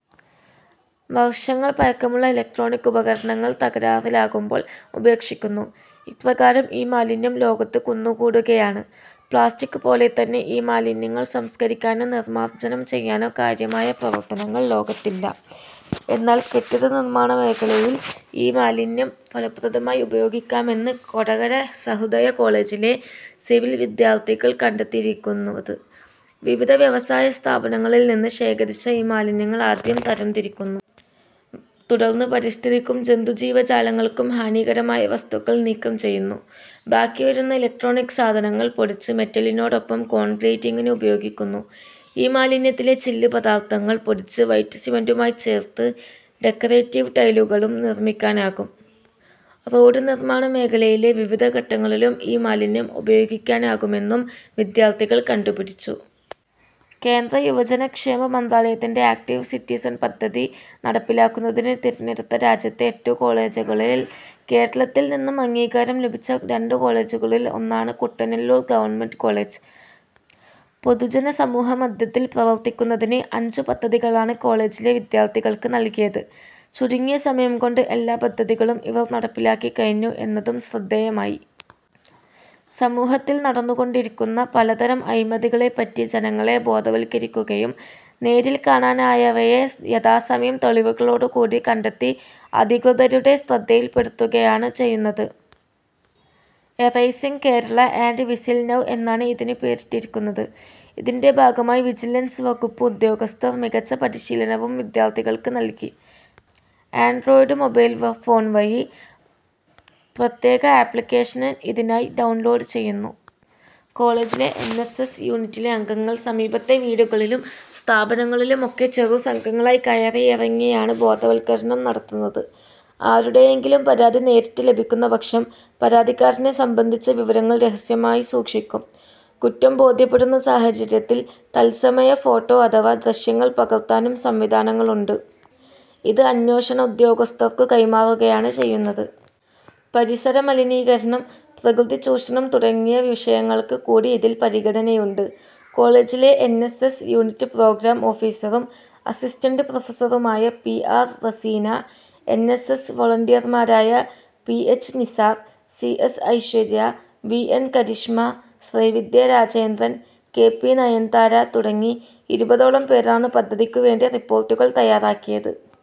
വർഷങ്ങൾ പഴക്കമുള്ള ഇലക്ട്രോണിക് ഉപകരണങ്ങൾ തകരാറിലാകുമ്പോൾ ഉപേക്ഷിക്കുന്നു. ഇപ്രകാരം ഇമാലിന്യം ലോകത്ത് കുന്നുകൂടുകയാണ്. പ്ലാസ്റ്റിക്പോലെത്തന്നെ ഇമാലിന്യങ്ങൾ സംസ്കരിക്കാനോ നിർമാർജനം ചെയ്യാനോ കാര്യമായ പ്രവർത്തനങ്ങൾ ലോകത്തില്ല. എന്നാൽ കെട്ടിടനിർമാണമേഖലയിൽ ഇമാലിന്യം ഫലപ്രദമായി ഉപയോഗിക്കാമെന്നാണ് കൊടകര സഹൃദയ കോളേജിലെ സിവിൽ വിദ്യാർഥികൾ കണ്ടെത്തിയിരിക്കുന്നത്. വിവിധ വ്യവസായ സ്ഥാപനങ്ങളിൽനിന്ന് ശേഖരിച്ച ഇമാലിന്യങ്ങൾ ആദ്യം തരംതിരിക്കുന്നു. തുടർന്ന് പരിസ്ഥിതിക്കും ജന്തുജീവജാലങ്ങൾക്കും ഹാനികരമായ വസ്തുക്കൾ നീക്കം ചെയ്യുന്നു. ബാക്കി വരുന്ന ഇലക്ട്രോണിക് സാധനങ്ങൾ പൊടിച്ച് മെറ്റലിനോടൊപ്പം കോൺക്രീറ്റിങ്ങിന് ഉപയോഗിക്കുന്നു. ഇമാലിന്യത്തിലെ ചില്ല് പദാർത്ഥങ്ങൾ പൊടിച്ച് വൈറ്റ് സിമന്റുമായി ചേർത്ത് ഡെക്കറേറ്റീവ് ടൈലുകളും നിർമിക്കാനാകും. റോഡ് നിർമാണ മേഖലയിലെ വിവിധ ഘട്ടങ്ങളിലും ഇമാലിന്യം ഉപയോഗിക്കാനാകുമെന്നും വിദ്യാർഥികൾ കണ്ടുപിടിച്ചു. കേന്ദ്ര യുവജനക്ഷേമ മന്ത്രാലയത്തിന്റെ ആക്ടീവ് സിറ്റിസൺ പദ്ധതി നടപ്പിലാക്കുന്നതിന് തിരഞ്ഞെടുത്ത രാജ്യത്തെ എട്ടു കോളേജുകളിൽ കേരളത്തിൽനിന്നും അംഗീകാരം ലഭിച്ച രണ്ട് കോളേജുകളിൽ ഒന്നാണ് കുട്ടനെല്ലൂർ ഗവ. കോളേജ്. പൊതുജന സമൂഹമധ്യത്തിൽ പ്രവർത്തിക്കുന്നതിന് അഞ്ചു പദ്ധതികളാണ് കോളേജിലെ വിദ്യാർഥികൾക്ക് നൽകിയത്. ചുരുങ്ങിയ സമയംകൊണ്ട് എല്ലാ പദ്ധതികളും ഇവർ നടപ്പിലാക്കിക്കഴിഞ്ഞു എ ന്നതും ശ്രദ്ധേയമായി. സമൂഹത്തിൽ നടന്നുകൊണ്ടിരിക്കുന്ന പലതരം അഴിമതികളെപ്പറ്റി ജനങ്ങളെ ബോധവത്കരിക്കുകയും നേരിൽ കാണാനായവയെ യഥാസമയം തെളിവുകളോടുകൂടി കണ്ടെത്തി അധികൃതരുടെ ശ്രദ്ധിയിൽപ്പെടുത്തുകയാണ് ചെയ്യുന്നത്. Arising Kerala and whistle now എന്നാണ് ഇതിന് പേരിട്ടിരിക്കുന്നത്. ഇതിന്റെ ഭാഗമായി വിജിലൻസ് വകുപ്പ് ഉദ്യോഗസ്ഥർ മികച്ച പരിശീലനവും വിദ്യാർഥികൾക്ക് നൽകി. ആൻഡ്രോയിഡ് മൊബൈൽ ഫോൺ വഴി പ്രത്യേക ആപ്ളിക്കേഷൻ ഇതിനായി ഡൗൺലോഡ് ചെയ്യുന്നു. കോളേജിലെ എൻ. എസ്. എസ്. യൂണിറ്റിലെ അംഗങ്ങൾ സമീപത്തെ വീടുകളിലും സ്ഥാപനങ്ങളിലുമൊക്കെ ചെറുസംഘങ്ങളായി കയറിയിറങ്ങിയാണ് ബോധവത്കരണം നടത്തുന്നത്. ആരുടെയെങ്കിലും പരാതി നേരിട്ട് ലഭിക്കുന്നപക്ഷം പരാതിക്കാരനെ സംബന്ധിച്ച വിവരങ്ങൾ രഹസ്യമായി സൂക്ഷിക്കും. കുറ്റം ബോധ്യപ്പെടുന്ന സാഹചര്യത്തിൽ തത്സമയ ഫോട്ടോ അഥവാ ദൃശ്യങ്ങൾ പകർത്താനും സംവിധാനങ്ങളുണ്ട്. ഇത് അന്വേഷണ ഉദ്യോഗസ്ഥർക്കു കൈമാറുകയാണ് ചെയ്യുന്നത്. പരിസരമലിനീകരണം, പ്രകൃതിചൂഷണം തുടങ്ങിയ വിഷയങ്ങൾക്ക് കൂടി ഇതിൽ പരിഗണനയുണ്ട്. കോളേജിലെ N. S. S. Unit programme ഓഫീസറും അസി. പ്രൊഫസറുമായ P. R. Raseena, N. S. S. വൊളന്റിയർമാരായ P. H. Nisar, C. S. Aishwarya, V. N. Karishma, Sreevidya Rajendran, K. P. Nayanthara തുടങ്ങി ഇരുപതോളം പേരാണ് പദ്ധതിക്കുവേണ്ടി റിപ്പോർട്ടുകൾ തയ്യാറാക്കിയത്.